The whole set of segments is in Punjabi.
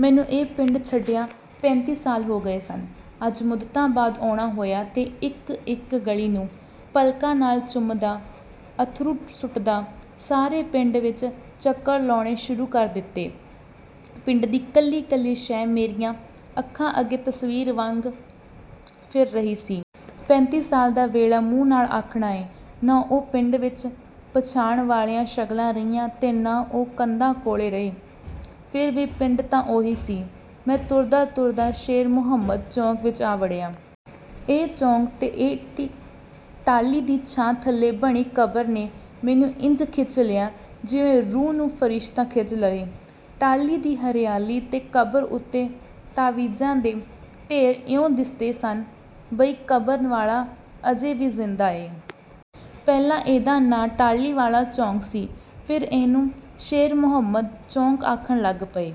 ਮੈਨੂੰ ਇਹ ਪਿੰਡ ਛੱਡਿਆਂ ਪੈਂਤੀ ਸਾਲ ਹੋ ਗਏ ਸਨ। ਅੱਜ ਮੁੱਦਤਾਂ ਬਾਅਦ ਆਉਣਾ ਹੋਇਆ ਤੇ ਇਕ-ਇਕ ਗਲੀ ਨੂੰ ਪਲਕਾਂ ਨਾਲ ਚੁੰਮਦਾ, ਅੱਥਰੂ ਸੁੱਟਦਾ, ਸਾਰੇ ਪਿੰਡ ਵਿਚ ਚੱਕਰ ਲਾਉਣੇ ਸ਼ੁਰੂ ਕਰ ਦਿੱਤੇ। ਪਿੰਡ ਦੀ ਕੱਲੀ-ਕੱਲੀ ਸ਼ੈਅ ਮੇਰੀਆਂ ਅੱਖਾਂ ਅੱਗੇ ਤਸਵੀਰ ਵਾਂਗ ਫਿਰ ਰਹੀ ਸੀ। ਪੈਂਤੀ ਸਾਲ ਦਾ ਵੇਲਾ ਮੂੰਹ ਨਾਲ ਆਖਣਾ ਏ। ਨਾ ਉਹ ਪਿੰਡ ਵਿਚ ਪਛਾਣ ਵਾਲੀਆਂ ਸ਼ਕਲਾਂ ਰਹੀਆਂ ਤੇ ਨਾ ਉਹ ਕੰਧਾਂ-ਕੌਲੇ ਰਹੇ, ਫਿਰ ਵੀ ਪਿੰਡ ਤਾਂ ਉਹੀ ਸੀ। ਮੈਂ ਤੁਰਦਾ-ਤੁਰਦਾ ਸ਼ੇਰ ਮੁਹੰਮਦ ਚੌਕ ਵਿਚ ਆ ਵੜਿਆ। ਇਹ ਚੌਕ ਤੇ ਇਹਦੀ ਟਾਹਲੀ ਦੀ ਛਾਂ ਥੱਲੇ ਬਣੀ ਕਬਰ ਨੇ ਮੈਨੂੰ ਇੰਜ ਖਿੱਚ ਲਿਆ, ਜਿਵੇਂ ਰੂਹ ਨੂੰ ਫਰਿਸ਼ਤਾ ਖਿੱਚ ਲਵੇ। ਟਾਹਲੀ ਦੀ ਹਰਿਆਲੀ ਤੇ ਕਬਰ ਉੱਤੇ ਤਾਵੀਜ਼ਾਂ ਦੇ ਢੇਰ ਇਉਂ ਦਿਸਦੇ ਸਨ, ਬਈ ਕਬਰ ਵਾਲਾ ਅਜੇ ਵੀ ਜ਼ਿੰਦਾ ਏ। ਪਹਿਲਾਂ ਇਹਦਾ ਨਾਂ ਟਾਹਲੀ ਵਾਲਾ ਚੌਕ ਸੀ, ਫਿਰ ਇਹਨੂੰ ਸ਼ੇਰ ਮੁਹੰਮਦ ਚੌਕ ਆਖਣ ਲੱਗ ਪਏ।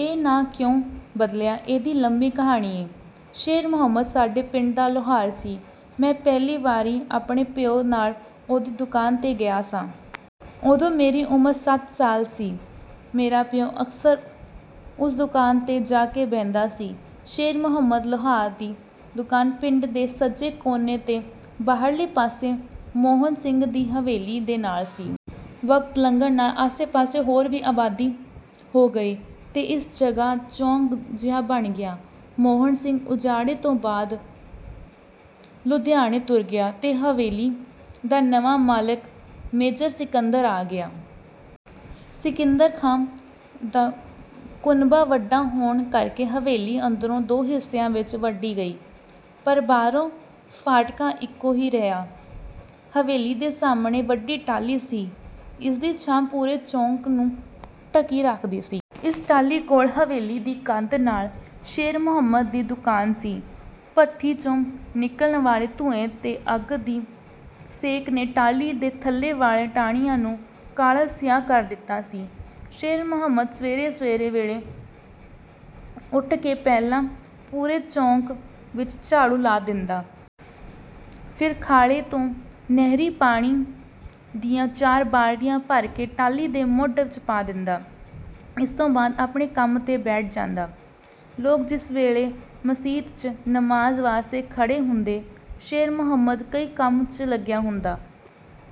ਇਹ ਨਾਂ ਕਿਉਂ ਬਦਲਿਆ, ਇਹਦੀ ਲੰਮੀ ਕਹਾਣੀ ਏ। ਸ਼ੇਰ ਮੁਹੰਮਦ ਸਾਡੇ ਪਿੰਡ ਦਾ ਲੁਹਾਰ ਸੀ। ਮੈਂ ਪਹਿਲੀ ਵਾਰੀ ਆਪਣੇ ਪਿਓ ਨਾਲ ਉਹਦੀ ਦੁਕਾਨ 'ਤੇ ਗਿਆ ਸਾਂ। ਉਦੋਂ ਮੇਰੀ ਉਮਰ ਸੱਤ ਸਾਲ ਸੀ। ਮੇਰਾ ਪਿਓ ਅਕਸਰ ਉਸ ਦੁਕਾਨ 'ਤੇ ਜਾ ਕੇ ਬਹਿੰਦਾ ਸੀ। ਸ਼ੇਰ ਮੁਹੰਮਦ ਲੁਹਾਰ ਦੀ ਦੁਕਾਨ ਪਿੰਡ ਦੇ ਸੱਜੇ ਕੋਨੇ 'ਤੇ, ਬਾਹਰਲੇ ਪਾਸੇ, ਮੋਹਨ ਸਿੰਘ ਦੀ ਹਵੇਲੀ ਦੇ ਨਾਲ ਸੀ। ਵਕਤ ਲੰਘਣ ਨਾਲ ਆਸੇ-ਪਾਸੇ ਹੋਰ ਵੀ ਆਬਾਦੀ ਹੋ ਗਈ ਤੇ ਇਸ ਜਗ੍ਹਾ ਚੌਂਕ ਜਿਹਾ ਬਣ ਗਿਆ। ਮੋਹਨ ਸਿੰਘ ਉਜਾੜੇ ਤੋਂ ਬਾਅਦ ਲੁਧਿਆਣੇ ਤੁਰ ਗਿਆ ਤੇ ਹਵੇਲੀ ਦਾ ਨਵਾਂ ਮਾਲਕ ਮੇਜਰ ਸਿਕੰਦਰ ਆ ਗਿਆ। ਸਿਕੰਦਰ ਖਾਂ ਦਾ ਕੁਨਬਾ ਵੱਡਾ ਹੋਣ ਕਰਕੇ ਹਵੇਲੀ ਅੰਦਰੋਂ ਦੋ ਹਿੱਸਿਆਂ ਵਿਚ ਵਡੀ ਗਈ, ਪਰ ਬਾਹਰੋਂ ਫਾਟਕ ਇਕੋ ਹੀ ਰਿਹਾ। ਹਵੇਲੀ ਦੇ ਸਾਹਮਣੇ ਵੱਡੀ ਟਾਹਲੀ ਸੀ। ਇਸ ਦੀ ਛਾਂ ਪੂਰੇ ਚੌਕ ਨੂੰ ਢਕੀ ਰੱਖਦੀ ਸੀ। ਇਸ ਟਾਹਲੀ ਕੋਲ ਹਵੇਲੀ ਦੀ ਕੰਧ ਨਾਲ ਸ਼ੇਰ ਮੁਹੰਮਦ ਦੀ ਦੁਕਾਨ ਸੀ। ਭੱਠੀ 'ਚੋਂ ਨਿਕਲਣ ਵਾਲੇ ਧੂੰਏਂ ਤੇ ਅੱਗ ਦੀ ਸੇਕ ਨੇ ਟਾਹਲੀ ਦੇ ਥੱਲੇ ਵਾਲੀਆਂ ਟਾਹਣੀਆਂ ਨੂੰ ਕਾਲਾ-ਸਿਆਹ ਕਰ ਦਿੱਤਾ ਸੀ। ਸ਼ੇਰ ਮੁਹੰਮਦ ਸਵੇਰੇ ਸਵੇਰੇ ਵੇਲੇ ਉੱਠ ਕੇ ਪਹਿਲਾਂ ਪੂਰੇ ਚੌਕ ਵਿਚ ਝਾੜੂ ਲਾ ਦਿੰਦਾ। ਫਿਰ ਖਾਲੇ ਤੋਂ ਨਹਿਰੀ ਪਾਣੀ ਦੀਆਂ ਚਾਰ ਬਾਲਟੀਆਂ ਭਰ ਕੇ ਟਾਹਲੀ ਦੇ ਮੁੱਢ 'ਚ ਪਾ ਦਿੰਦਾ। ਇਸ ਤੋਂ ਬਾਅਦ ਆਪਣੇ ਕੰਮ 'ਤੇ ਬੈਠ ਜਾਂਦਾ। ਲੋਕ ਜਿਸ ਵੇਲੇ ਮਸੀਤ 'ਚ ਨਮਾਜ਼ ਵਾਸਤੇ ਖੜ੍ਹੇ ਹੁੰਦੇ, ਸ਼ੇਰ ਮੁਹੰਮਦ ਕਈ ਕੰਮ 'ਚ ਲੱਗਿਆ ਹੁੰਦਾ।